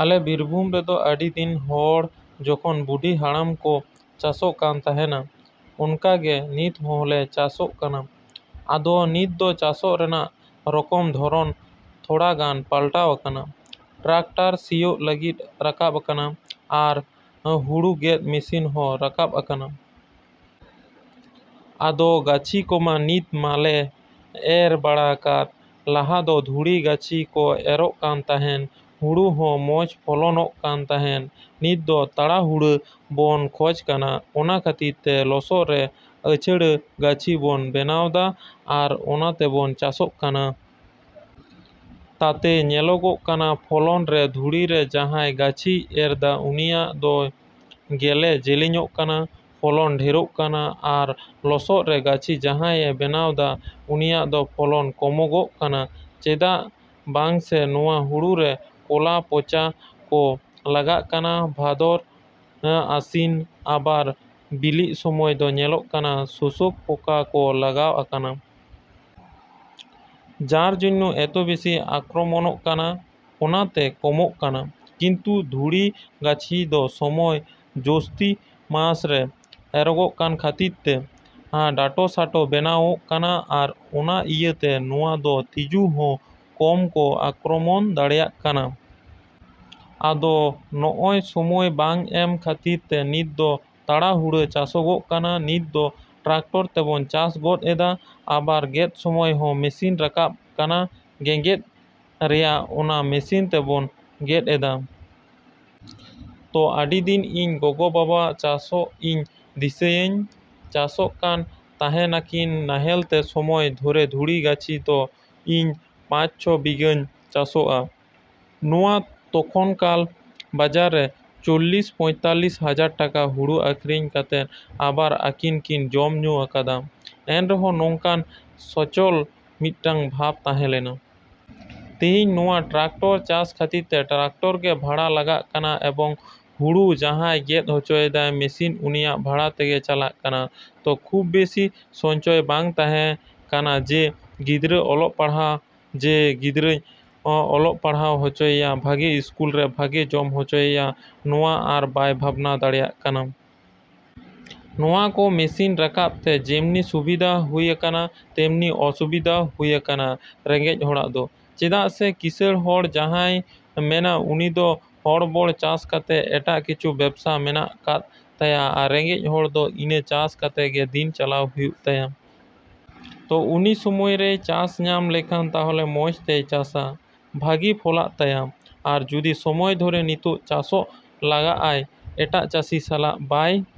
ᱟᱞᱮ ᱵᱤᱨᱵᱷᱩᱢ ᱨᱮᱫᱚ ᱟᱹᱰᱤ ᱫᱤᱱ ᱦᱚᱲ ᱡᱚᱠᱷᱚᱱ ᱵᱩᱰᱷᱤ ᱦᱟᱲᱟᱢ ᱠᱚ ᱪᱟᱥᱚᱜ ᱠᱟᱱ ᱛᱟᱦᱮᱸᱱᱟ, ᱚᱱᱠᱟ ᱜᱮ ᱱᱤᱛ ᱦᱚᱸᱞᱮ ᱪᱟᱥᱚᱜ ᱠᱟᱱᱟ᱾ ᱟᱫᱚ ᱱᱤᱛ ᱫᱚ ᱪᱟᱥᱚᱜ ᱨᱮᱱᱟᱜ ᱨᱚᱠᱚᱢ ᱫᱷᱚᱨᱚᱱ ᱛᱷᱚᱲᱟ ᱜᱟᱱ ᱯᱟᱞᱴᱟᱣ ᱟᱠᱟᱱᱟ᱾ ᱴᱨᱟᱠᱴᱟᱨ ᱥᱤᱭᱳᱜ ᱞᱟᱹᱜᱤᱫ ᱨᱟᱠᱟᱵ ᱠᱟᱱᱟ ᱟᱨ ᱦᱩᱲᱩ ᱜᱮᱫ ᱢᱮᱥᱤᱱ ᱦᱚᱸ ᱨᱟᱠᱟᱵ ᱟᱠᱟᱱᱟ᱾ ᱟᱫᱚ, ᱜᱟᱹᱪᱷᱤ ᱠᱚᱢᱟ ᱱᱤᱛ ᱢᱟᱞᱮ ᱮᱨ ᱵᱟᱲᱟ ᱟᱠᱟᱫ᱾ ᱞᱟᱦᱟ ᱫᱚ ᱫᱷᱩᱲᱤ ᱜᱟᱹᱪᱷᱤ ᱠᱚ ᱮᱨᱚᱜ ᱠᱟᱱ ᱛᱟᱦᱮᱸᱱ ᱦᱩᱲᱩ ᱦᱚᱸ ᱢᱚᱸᱡᱽ ᱯᱷᱚᱞᱚᱱᱚᱜ ᱠᱟᱱ ᱛᱟᱦᱮᱸᱱ᱾ ᱱᱤᱛ ᱫᱚ ᱛᱟᱲᱟᱦᱩᱲᱟᱹ ᱵᱚᱱ ᱠᱷᱚᱡᱽ ᱠᱟᱱᱟ, ᱚᱱᱟ ᱠᱷᱟᱹᱛᱤᱨ ᱛᱮ ᱞᱚᱥᱚᱫ ᱨᱮ ᱟᱪᱷᱲᱟ ᱜᱟᱹᱪᱷᱤ ᱵᱚᱱ ᱵᱮᱱᱟᱣᱫᱟ ᱟᱨ ᱚᱱᱟ ᱛᱮᱵᱚᱱ ᱪᱟᱥᱚᱜ ᱠᱟᱱᱟ᱾ ᱛᱟᱛᱮ ᱧᱮᱞᱚᱜᱚᱜ ᱠᱟᱱᱟ ᱯᱷᱚᱞᱚᱱ ᱨᱮ ᱫᱷᱩᱲᱤ ᱨᱮ ᱡᱟᱦᱟᱸᱭ ᱜᱟᱹᱪᱷᱤᱭ ᱮᱨᱫᱟ ᱩᱱᱤᱭᱟᱜ ᱫᱚ ᱜᱮᱞᱮ ᱡᱮᱞᱮᱧᱚᱜ ᱠᱟᱱᱟ, ᱯᱷᱚᱞᱚᱱ ᱰᱷᱮᱨᱚᱜ ᱠᱟᱱᱟ᱾ ᱟᱨ ᱞᱚᱥᱚᱫ ᱨᱮ ᱜᱟᱹᱪᱷᱤ ᱡᱟᱦᱟᱸᱭᱮ ᱵᱮᱱᱟᱣᱫᱟ ᱩᱱᱤᱭᱟᱜ ᱫᱚ ᱯᱷᱚᱞᱚᱱ ᱠᱚᱢᱚᱜᱚᱜ ᱠᱟᱱᱟ᱾ ᱪᱮᱫᱟᱜ ᱵᱟᱝᱥᱮ ᱱᱚᱣᱟ ᱦᱩᱲᱩ ᱨᱮ ᱠᱷᱚᱞᱟ ᱯᱚᱪᱟ ᱠᱚ ᱞᱟᱜᱟᱜ ᱠᱟᱱᱟ ᱵᱷᱟᱫᱚᱨ ᱟᱥᱤᱱ, ᱟᱵᱟᱨ ᱵᱤᱞᱤᱜ ᱥᱚᱢᱚᱭ ᱫᱚ ᱧᱮᱞᱚᱜ ᱠᱟᱱᱟ ᱥᱳᱥᱳᱠ ᱯᱚᱠᱟ ᱠᱚ ᱞᱟᱜᱟᱣ ᱟᱠᱟᱱᱟ᱾ ᱡᱟᱨ ᱡᱚᱱᱱᱚ ᱮᱛᱚᱵᱮᱹᱥᱤ ᱟᱠᱨᱚᱢᱚᱱᱚᱜ ᱠᱟᱱᱟ᱾ ᱚᱱᱟ ᱛᱮ ᱠᱚᱢᱚᱜ ᱠᱟᱱᱟ᱾ ᱠᱤᱱᱛᱩ ᱫᱷᱩᱲᱤ ᱜᱟᱹᱪᱷᱤ ᱫᱚ ᱥᱚᱢᱚᱭ ᱡᱳᱥᱴᱷᱤ ᱢᱟᱥ ᱨᱮ ᱮᱨᱚᱜᱚᱜ ᱠᱟᱱ ᱠᱷᱟᱹᱛᱤᱨ ᱛᱮ ᱰᱟᱸᱴᱚᱥᱟᱴᱚ ᱵᱮᱱᱟᱣᱚᱜ ᱠᱟᱱᱟ ᱟᱨ ᱚᱱᱟ ᱤᱭᱟᱹᱛᱮ ᱱᱚᱣᱟ ᱫᱚ ᱛᱤᱡᱩ ᱦᱚᱸ ᱠᱚᱢ ᱠᱚ ᱟᱠᱨᱚᱢᱚᱱ ᱫᱟᱲᱮᱭᱟᱜ ᱠᱟᱱᱟ᱾ ᱟᱫᱚ ᱱᱚᱜᱼᱚᱭ ᱥᱚᱢᱚᱭ ᱵᱟᱝ ᱮᱢ ᱠᱷᱟᱹᱛᱤᱨ ᱛᱮ ᱱᱤᱛ ᱫᱚ ᱛᱟᱲᱟᱦᱩᱲᱟ ᱪᱟᱥᱚᱜᱚᱜ ᱠᱟᱱᱟ᱾ ᱱᱤᱛ ᱫᱚ ᱴᱨᱟᱠᱴᱚᱨ ᱛᱮᱵᱚᱱ ᱪᱟᱥ ᱜᱚᱫ ᱮᱫᱟ᱾ ᱟᱵᱟᱨ ᱜᱮᱫ ᱥᱚᱢᱚᱭ ᱦᱚᱸ ᱢᱮᱹᱥᱤᱱ ᱨᱟᱠᱟᱵ ᱠᱟᱱᱟ ᱜᱮᱜᱮᱫ ᱨᱮᱭᱟᱜ, ᱚᱱᱟ ᱢᱮᱹᱥᱤᱱ ᱛᱮᱵᱚᱱ ᱜᱮᱫ ᱮᱫᱟ᱾ ᱛᱚ, ᱟᱹᱰᱤ ᱫᱤᱱ ᱤᱧ ᱜᱚᱜᱚᱼᱵᱟᱵᱟᱣᱟᱜ ᱪᱟᱥᱚᱜ ᱤᱧ ᱫᱤᱥᱟᱹᱭᱟᱹᱧ᱾ ᱪᱟᱥᱚᱜ ᱠᱟᱱ ᱛᱟᱦᱮᱸᱱᱟᱠᱤᱱ ᱱᱟᱦᱮᱞ ᱛᱮ ᱥᱚᱢᱚᱭ ᱫᱷᱚᱨᱮ ᱫᱷᱩᱲᱤ ᱜᱟᱹᱪᱷᱤ᱾ ᱛᱚ, ᱤᱧ ᱯᱟᱸᱪ, ᱪᱷᱚ ᱵᱤᱜᱷᱟᱹᱧ ᱪᱟᱥᱚᱜᱚᱜᱼᱟ ᱱᱚᱣᱟ ᱛᱚᱠᱷᱚᱱᱠᱟᱞ ᱵᱟᱡᱟᱨ ᱨᱮ ᱪᱚᱞᱞᱤᱥ ᱯᱚᱸᱭᱛᱟᱞᱞᱤᱥ ᱦᱟᱡᱟᱨ ᱴᱟᱠᱟ ᱦᱩᱲᱩ ᱟᱠᱷᱨᱤᱧ ᱠᱟᱛᱮ ᱟᱵᱟᱨ ᱟᱹᱠᱤᱱ ᱠᱤᱱ ᱡᱚᱢᱼᱧᱩ ᱟᱠᱟᱫᱼᱟ, ᱮᱱ ᱨᱮᱦᱚᱸ ᱱᱚᱝᱠᱟᱱ ᱥᱚᱪᱪᱷᱚᱞ ᱢᱤᱫᱴᱟᱝ ᱵᱷᱟᱵᱽ ᱛᱟᱦᱮᱸᱞᱮᱱᱟ᱾ ᱛᱤᱦᱤᱧ ᱱᱚᱣᱟ ᱴᱨᱟᱠᱴᱟᱨ ᱪᱟᱥ ᱠᱷᱟᱹᱛᱤᱨ ᱛᱮ ᱴᱨᱟᱠᱴᱟᱨ ᱜᱮ ᱵᱷᱟᱲᱟ ᱞᱟᱜᱟᱜ ᱠᱟᱱᱟ ᱮᱵᱚᱝ ᱦᱩᱲᱩ ᱡᱟᱦᱟᱸᱭ ᱜᱮᱫ ᱦᱚᱪᱚᱭᱮᱫᱟ ᱢᱮᱹᱥᱤᱱ ᱩᱱᱤᱭᱟᱜ ᱵᱷᱟᱲᱟ ᱛᱮᱜᱮ ᱪᱟᱞᱟᱜ ᱠᱟᱱᱟ᱾ ᱛᱚ, ᱠᱷᱩᱵᱽ ᱵᱮᱥᱤ ᱥᱚᱧᱪᱚᱭ ᱵᱟᱝ ᱛᱟᱦᱮᱸ ᱠᱟᱱᱟ ᱡᱮ, ᱜᱤᱫᱽᱨᱟᱹ ᱚᱞᱚᱜ ᱯᱟᱲᱦᱟᱜ, ᱡᱮ ᱜᱤᱫᱽᱨᱟᱹᱧ ᱚᱞᱚᱜ ᱯᱟᱲᱦᱟᱜ ᱦᱚᱪᱚᱭᱮᱭᱟ ᱵᱷᱟᱹᱜᱮ ᱤᱥᱠᱩᱞ ᱨᱮ, ᱵᱷᱟᱹᱜᱮ ᱡᱚᱢ ᱦᱚᱪᱚᱭᱮᱭᱟ ᱱᱚᱣᱟ ᱟᱨ ᱵᱟᱭ ᱵᱷᱟᱵᱽᱱᱟ ᱫᱟᱲᱮᱭᱟᱜ ᱠᱟᱱᱟ᱾ ᱱᱚᱣᱟ ᱠᱚ ᱢᱮᱹᱥᱤᱱ ᱨᱟᱠᱟᱵ ᱛᱮ ᱡᱮᱢᱱᱤ ᱥᱩᱵᱤᱫᱷᱟ ᱦᱩᱭ ᱟᱠᱟᱱᱟ ᱛᱮᱢᱱᱤ ᱚᱥᱩᱵᱤᱫᱷᱟ ᱦᱩᱭ ᱟᱠᱟᱱᱟ ᱨᱮᱸᱜᱮᱡ ᱦᱚᱲᱟᱜ ᱫᱚ᱾ ᱪᱮᱫᱟᱜ ᱥᱮ ᱠᱤᱸᱥᱟᱬ ᱦᱚᱲ ᱡᱟᱦᱟᱸᱭ ᱢᱮᱱᱟᱭ ᱩᱱᱤ ᱫᱚ ᱦᱚᱲᱵᱚᱲ ᱪᱟᱥ ᱠᱟᱛᱮ, ᱮᱴᱟᱜ ᱠᱤᱪᱷᱩ ᱵᱮᱵᱽᱥᱟ ᱢᱮᱱᱟᱜ ᱠᱟᱫ ᱛᱟᱭᱟ ᱟᱨ ᱨᱮᱸᱜᱮᱡ ᱦᱚᱲ ᱫᱚ ᱤᱱᱟᱹ ᱪᱟᱥ ᱠᱟᱛᱮ ᱜᱮ ᱫᱤᱱ ᱪᱟᱞᱟᱣ ᱦᱩᱭᱩᱜ ᱛᱟᱭᱟ᱾ ᱛᱚ ᱩᱱᱤ ᱥᱚᱢᱚᱭ ᱨᱮᱭ ᱪᱟᱥ ᱧᱟᱢ ᱞᱮᱠᱷᱟᱱ ᱛᱟᱦᱞᱮ ᱢᱚᱸᱡᱽ ᱛᱮᱭ ᱪᱟᱥᱟ᱾ ᱵᱷᱟᱹᱜᱤ ᱯᱷᱚᱞᱟᱜ ᱛᱟᱭᱟ᱾ ᱟᱨ ᱡᱩᱫᱤ ᱥᱚᱢᱚᱭ ᱫᱷᱚᱨᱮ ᱱᱤᱛᱳᱜ ᱪᱟᱥᱚᱜ ᱪᱟᱞᱟᱜ ᱟᱭ ᱮᱴᱟᱜ ᱪᱟᱥᱤ ᱥᱟᱞᱟᱜ ᱵᱟᱭᱼᱼ